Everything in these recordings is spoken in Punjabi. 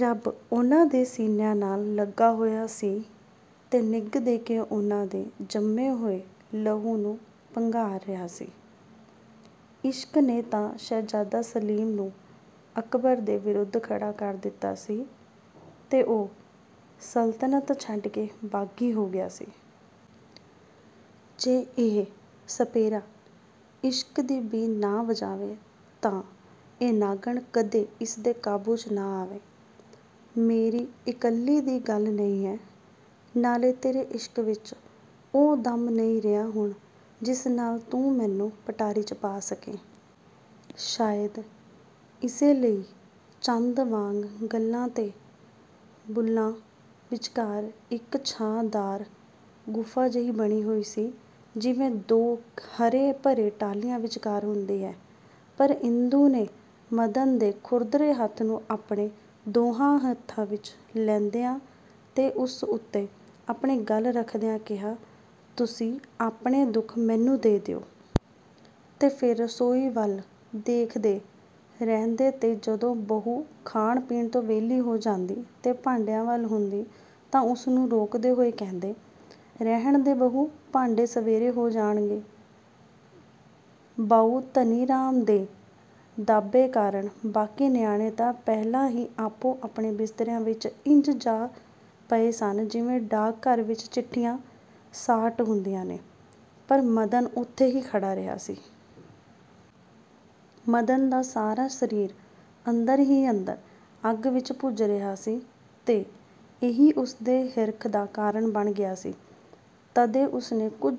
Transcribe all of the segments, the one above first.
ਰੱਬ ਉਹਨਾਂ ਦੇ ਸੀਨਿਆਂ ਨਾਲ ਲਗਾ ਹੋਇਆ ਸੀ ਤੇ ਨਿੱਘ ਦੇ ਕੇ ਉਹਨਾਂ ਦੇ ਜੰਮੇ ਹੋਏ ਲਹੂ ਨੂੰ ਪੰਘਾਰ ਰਿਹਾ ਸੇ। ਇਸ਼ਕ ਨੇ ਤਾਂ ਸ਼ਹਿਜ਼ਾਦਾ ਸਲੀਮ ਨੂੰ ਅਕਬਰ ਦੇ ਵਿਰੁਧ ਖੜ੍ਹਾ ਕਰ ਦਿੱਤਾ ਸੀ ਤੇ ਉਹ ਸਲਤਨਤ ਛੱਡ ਕੇ ਬਾਗ਼ੀ ਹੋ ਗਿਆ ਸੀ। ਜੇ ਇਹ ਸਪੇਰਾ ਇਸ਼ਕ ਦੀ ਬੀਨ ਨਾ ਵਜਾਵੇ ਤਾਂ ਇਹ ਨਾਗਣ ਕਦੇ ਇਸ ਦੇ ਕਾਬੂ 'ਚ ਨਾ ਆਵੇ… ਮੇਰੀ ਇਕੱਲੀ ਦੀ ਗੱਲ ਨਹੀਂ ਏ। ਨਾਲੇ ਤੇਰੇ ਇਸ਼ਕ ਵਿਚ ਉਹ ਦਮ ਨਹੀਂ ਰਿਹਾ ਹੁਣ ਜਿਸ ਨਾਲ ਤੂੰ ਮੈਨੂੰ ਪਟਾਰੀ 'ਚ ਪਾ ਸਕੇਂ। ਸ਼ਾਇਦ ਇਸੇ ਲਈ ਚੰਦ ਵਾਂਗ ਗੱਲ੍ਹਾਂ ਤੇ ਬੁੱਲ੍ਹਾਂ ਵਿਚਕਾਰ ਇਕ ਛਾਂ–ਦਾਰ ਗੁਫ਼ਾ ਜਿਹੀ ਬਣੀ ਹੋਈ ਸੀ, ਜਿਵੇਂ ਦੋ ਹਰੇ ਭਰੇ ਟੀਲਿਆਂ ਵਿਚਕਾਰ ਹੁੰਦੀ ਹੈ। ' ਪਰ ਇੰਦੂ ਨੇ ਮਦਨ ਦੇ ਖੁਰਦਰੇ ਹੱਥ ਨੂੰ ਆਪਣੇ ਦੋਵਾਂ ਹੱਥਾਂ ਵਿਚ ਲੈਂਦਿਆਂ ਤੇ ਉਸ ਉੱਤੇ ਆਪਣੀ ਗੱਲ੍ਹ ਰੱਖਦਿਆਂ ਕਿਹਾ- "ਤੁਸੀਂ ਆਪਣੇ ਦੁੱਖ ਮੈਨੂੰ ਦੇ ਦਿਓ। " ਤੇ ਫੇਰ ਰਸੋਈ ਵੱਲ ਦੇਖਦੇ ਰਹਿੰਦੇ ਤੇ ਜਦੋਂ ਬਹੂ ਖਾਣ ਪੀਣ ਤੋਂ ਵਿਹਲੀ ਹੋ ਜਾਂਦੀ ਤੇ ਭਾਂਡਿਆਂ ਵੱਲ ਹੁੰਦੀ ਤਾਂ ਉਸਨੂੰ ਰੋਕਦੇ ਹੋਏ ਕਹਿੰਦੇ, "ਰਹਿਣ ਦੇ ਬਹੂ, ਭਾਂਡੇ ਸਵੇਰੇ ਹੋ ਜਾਣਗੇ। ਬਾਊ ਧਨੀਰਾਮ ਦੇ ਦਾਬੇ ਕਾਰਣ ਬਾਕੀ ਨਿਆਣੇ ਤਾਂ ਪਹਿਲਾਂ ਹੀ ਆਪੋ ਆਪਣੇ ਬਿਸਤਰਿਆਂ ਵਿਚ ਇੰਜ ਜਾ ਪਏ ਸਨ, ਜਿਵੇਂ ਡਾਕਘਰ ਵਿਚ ਚਿੱਠੀਆਂ ਸਾਰਟ ਹੁੰਦੀਆਂ ਨੇ, ਪਰ ਮਦਨ ਉੱਥੇ ਹੀ ਖੜ੍ਹਾ ਰਿਹਾ ਸੀ। ਮਦਨ ਦਾ ਸਾਰਾ ਸਰੀਰ ਅੰਦਰ ਹੀ ਅੰਦਰ ਅੱਗ ਵਿਚ ਭੁੱਜ ਰਿਹਾ ਸੀ ਤੇ ਇਹੀ ਉਸਦੇ ਹਿਰਖ ਦਾ ਕਾਰਣ ਬਣ ਗਿਆ ਸੀ, ਤਦੇ ਉਸਨੇ ਕੁਝ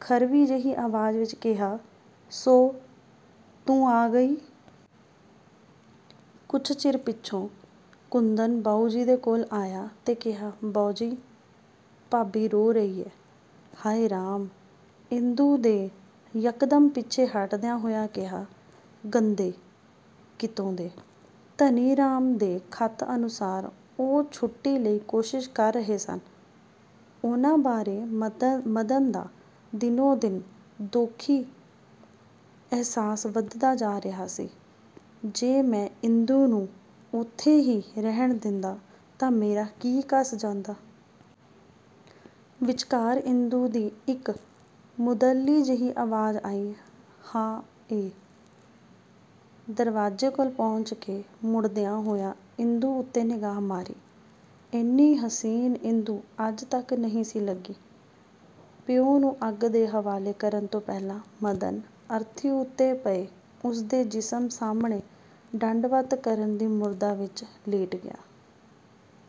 ਖਰਵੀ ਜਿਹੀ ਆਵਾਜ਼ ਵਿਚ ਕਿਹਾ- "ਸੋ, ਤੂੰ ਆ ਗਈ! ਕੁਝ ਚਿਰ ਪਿੱਛੋਂ ਕੁੰਦਨ ਬਾਊਜੀ ਦੇ ਕੋਲ ਆਇਆ ਤੇ ਕਿਹਾ-"ਬੋਜੀ, ਭਾਬੀ ਰੋ ਰਹੀ ਏ। " "ਹਾਏ ਰਾਮ" ਇੰਦੂ ਨੇ ਯਕਦਮ ਪਿੱਛੇ ਹਟਦਿਆਂ ਹੋਇਆਂ ਕਿਹਾ, "ਗੰਦੇ ਕਿਤੋਂ ਦੇ! ਧਨੀਰਾਮ ਦੇ ਖ਼ਤ ਅਨੁਸਾਰ ਉਹ ਛੁੱਟੀ ਲਈ ਕੋਸ਼ਿਸ਼ ਕਰ ਰਹੇ ਸਨ… ਉਹਨਾਂ ਬਾਰੇ ਮਦਨ ਦਾ ਦਿਨੋ ਦਿਨ ਦੋਖੀ ਅਹਿਸਾਸ ਵਧਦਾ ਜਾ ਰਿਹਾ ਸੀ-'ਜੇ ਮੈਂ ਇੰਦੂ ਨੂੰ ਉੱਥੇ ਹੀ ਰਹਿਣ ਦਿੰਦਾ ਤਾਂ ਮੇਰਾ ਕੀ ਘਸ ਜਾਂਦਾ? ਵਿਚਕਾਰ ਇੰਦੂ ਦੀ ਇਕ ਮੁਰਦਲੀ ਜਿਹੀ ਆਵਾਜ਼ ਆਈ-"ਹਾ–ਏ… ਦਰਵਾਜ਼ੇ ਕੋਲ ਪਹੁੰਚ ਕੇ ਮੁੜਦਿਆਂ ਹੋਇਆਂ ਇੰਦੂ ਉੱਤੇ ਨਿਗਾਹ ਮਾਰੀ… ਏਨੀ ਹੁਸੀਨ ਇੰਦੂ ਅੱਜ ਤਕ ਨਹੀਂ ਸੀ ਲੱਗੀ! ਪਿਓ ਨੂੰ ਅੱਗ ਦੇ ਹਵਾਲੇ ਕਰਨ ਤੋਂ ਪਹਿਲਾਂ ਮਦਨ ਅਰਥੀ ਉੱਤੇ ਪਏ ਉਸਦੇ ਜਿਸਮ ਸਾਹਮਣੇ ਡੰਡਵਤ ਕਰਨ ਦੀ ਮੁਦਰਾ ਵਿਚ ਲੇਟ ਗਿਆ।